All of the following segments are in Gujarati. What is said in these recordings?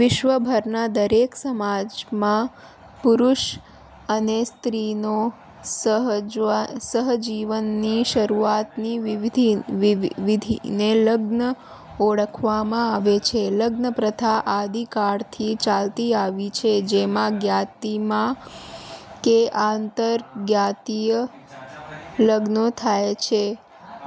વિશ્વભરના દરેક સમાજમાં પુરુષ અને સ્ત્રીના સહજીવનની શરુઆતની વિધિને લગ્ન ઓળખવામાં આવે છે. લગ્નપ્રથા આદિકાળથી ચાલતી આવી છે, જેમાં જ્ઞાતિમાં કે આંતરજ્ઞાતિય લગ્નો થાય છે.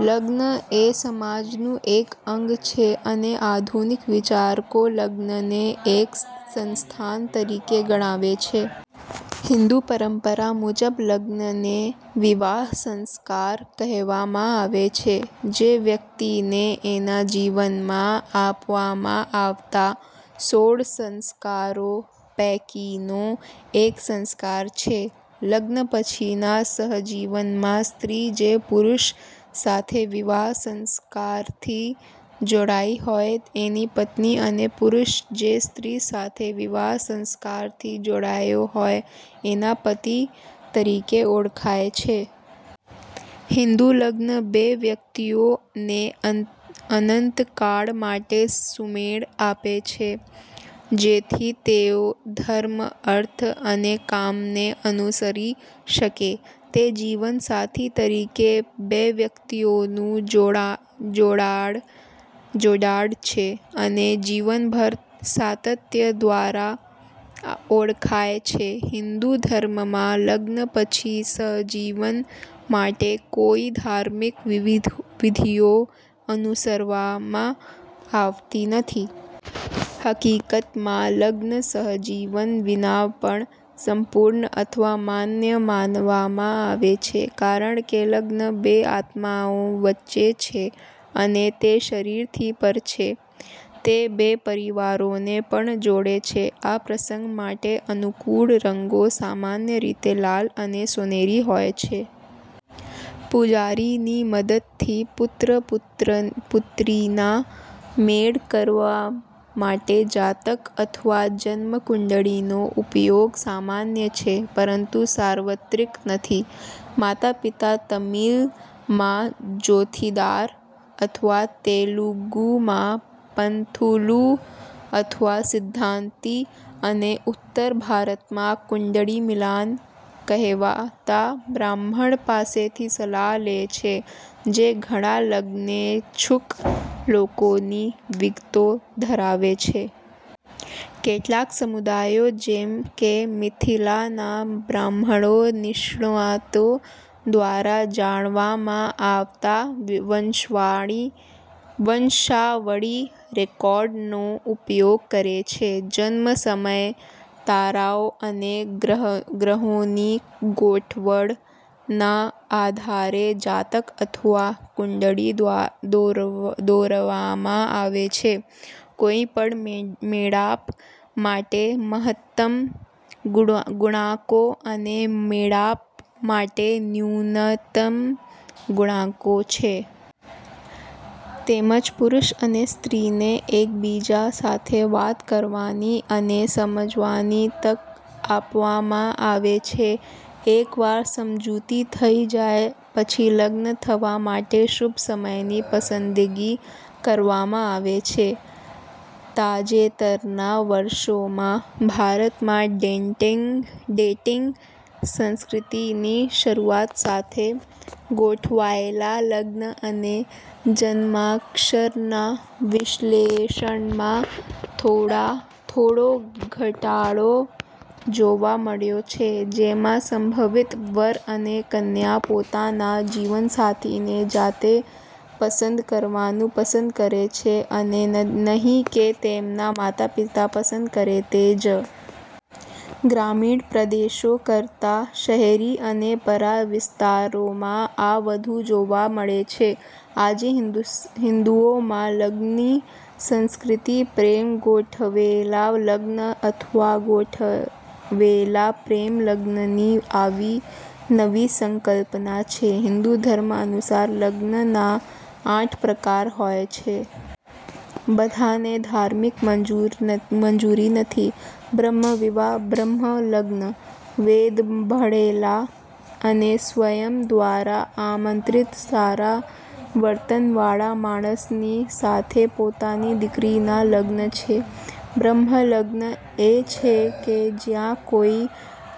લગ્ન એ સમાજનું એક અંગ છે અને આધુનિક વિચારકો લગ્નને એક સંસ્થાન તરીકે ગણાવે છે. હિંદુ પરંપરા મુજબ લગ્નને વિવાહ સંસ્કાર કહેવામાં આવે છે, જે વ્યક્તિને એના જીવનમાં આપવામાં આવતા સોળ સંસ્કારો પૈકીનો એક સંસ્કાર છે. લગ્ન પછીના સહજીવનમાં સ્ત્રી જે પુરુષ સાથે વિવાહ સંસ્કારથી જોડાઈ હોય એની પત્ની અને પુરુષ જે સ્ત્રી સાથે વિવાહ સંસ્કારથી જોડાયો હોય એના પતિ તરીકે ઓળખાય છે. હિન્દુ લગ્ન બે વ્યક્તિઓ ને અનંતકાળ માટે સુમેળ આપે છે, જેથી તેઓ ધર્મ, અર્થ અને કામને અનુસરી શકે. તે જીવનસાથી તરીકે બે વ્યક્તિઓનું જોડાણ છે, અને જીવનભર સાતત્ય દ્વારા ઓળખાય છે. હિન્દુ ધર્મમાં, લગ્ન પછી સહજીવન માટે કોઈ ધાર્મિક વિધિઓ અનુસરવામાં આવતી નથી. હકીકતમાં, લગ્ન સહજીવન વિના પણ સંપૂર્ણ અથવા માન્ય માનવામાં આવે છે, કારણ કે લગ્ન બે આત્માઓ વચ્ચે છે અને તે શરીરથી પર છે. તે બે પરિવારોને પણ જોડે છે. આ પ્રસંગ માટે અનુકૂળ રંગો સામાન્ય રીતે લાલ અને સોનેરી હોય છે. પૂજારીની મદદથી પુત્ર/પુત્રીના મેળ કરવા માટે જાતક અથવા જન્મ કુંડળી નો ઉપયોગ સામાન્ય છે, પરંતુ સાર્વત્રિક નથી. માતા-પિતા તમિલ માં 'જોથીદાર' અથવા તેલુગુ માં 'પંથુલું અથવા સિદ્ધાંતી' અને ઉત્તર ભારતમાં 'કુંડળી મિલાન' કહેવાતા બ્રાહ્મણ પાસેથી સલાહ લે છે, જે ઘણા લગ્નેચ્છુક લોકોની વિગતો ધરાવે છે. કેટલાક સમુદાયો, જેમ કે મિથિલાના બ્રાહ્મણો, નિષ્ણાતો દ્વારા જાળવવામાં આવતા વંશાવળી રેકોર્ડ નો ઉપયોગ કરે છે. જન્મ સમયે તારાઓ અને ગ્રહોની ગોઠવણના આધારે જાતક અથવા કુંડળી દોરવામાં આવે છે. કોઈપણ મેળાપ માટે મહત્તમ ગુણાંકો અને મેળાપ માટે ન્યૂનતમ ગુણાંકો છે. તેમજ પુરુષ અને સ્ત્રીને એકબીજા સાથે વાત કરવાની અને સમજવાની તક આપવામાં આવે છે. એકવાર સમજૂતી થઈ જાય પછી લગ્ન થવા માટે શુભ સમયની પસંદગી કરવામાં આવે છે. તાજેતરના વર્ષોમાં, ભારતમાં ડેટિંગ સંસ્કૃતિની શરૂઆત સાથે, ગોઠવાયેલા લગ્ન અને જન્માક્ષરના વિશ્લેષણમાં થોડો ઘટાડો જોવા મળ્યો છે, જેમાં સંભવિત વર અને કન્યા પોતાના જીવનસાથીને જાતે પસંદ કરવાનું પસંદ કરે છે અને નહીં કે તેમના માતાપિતા પસંદ કરે તે જ. ગ્રામીણ પ્રદેશો કરતા શહેરી અને પરા વિસ્તારોમાં આ વધુ જોવા મળે છે. આજે હિંદુઓમાં લગ્નની સંસ્કૃતિ પ્રેમ-ગોઠવેલા લગ્ન અથવા ગોઠવેલા-પ્રેમ લગ્નની આવી નવી સંકલ્પના છે. હિન્દુ ધર્મ અનુસાર લગ્નના આઠ પ્રકાર હોય છે. બધાને ધાર્મિક મંજૂરી નથી. બ્રહ્મ વિવાહ બ્રહ્મ લગ્ન, વેદ ભણેલા, અને સ્વયં દ્વારા આમંત્રિત સારા વર્તન વાળા માણસની સાથે પોતાની દીકરીના લગ્ન છે. બ્રહ્મ લગ્ન એ છે કે જ્યાં કોઈ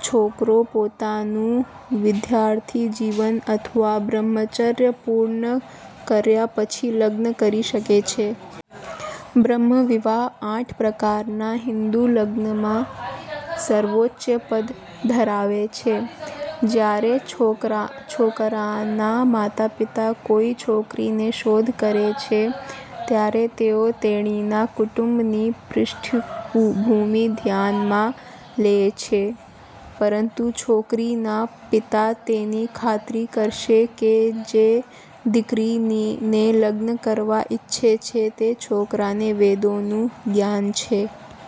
છોકરો પોતાનું વિદ્યાર્થી જીવન અથવા બ્રહ્મચર્ય પૂર્ણ કર્યા પછી લગ્ન કરી શકે છે. બ્રહ્મ વિવાહ આઠ પ્રકારનાં હિન્દુ લગ્નમાં સર્વોચ્ચ પદ ધરાવે છે. જ્યારે છોકરાના માતાપિતા કોઈ છોકરીની શોધ કરે છે, ત્યારે તેઓ તેણીના કુટુંબની પૃષ્ઠભૂમિ ધ્યાનમાં લે છે, પરંતુ છોકરીના પિતા તેની ખાતરી કરશે કે જે દીકરીને લગ્ન કરવા ઇચ્છે છે તે છોકરાને વેદોનું જ્ઞાન છે.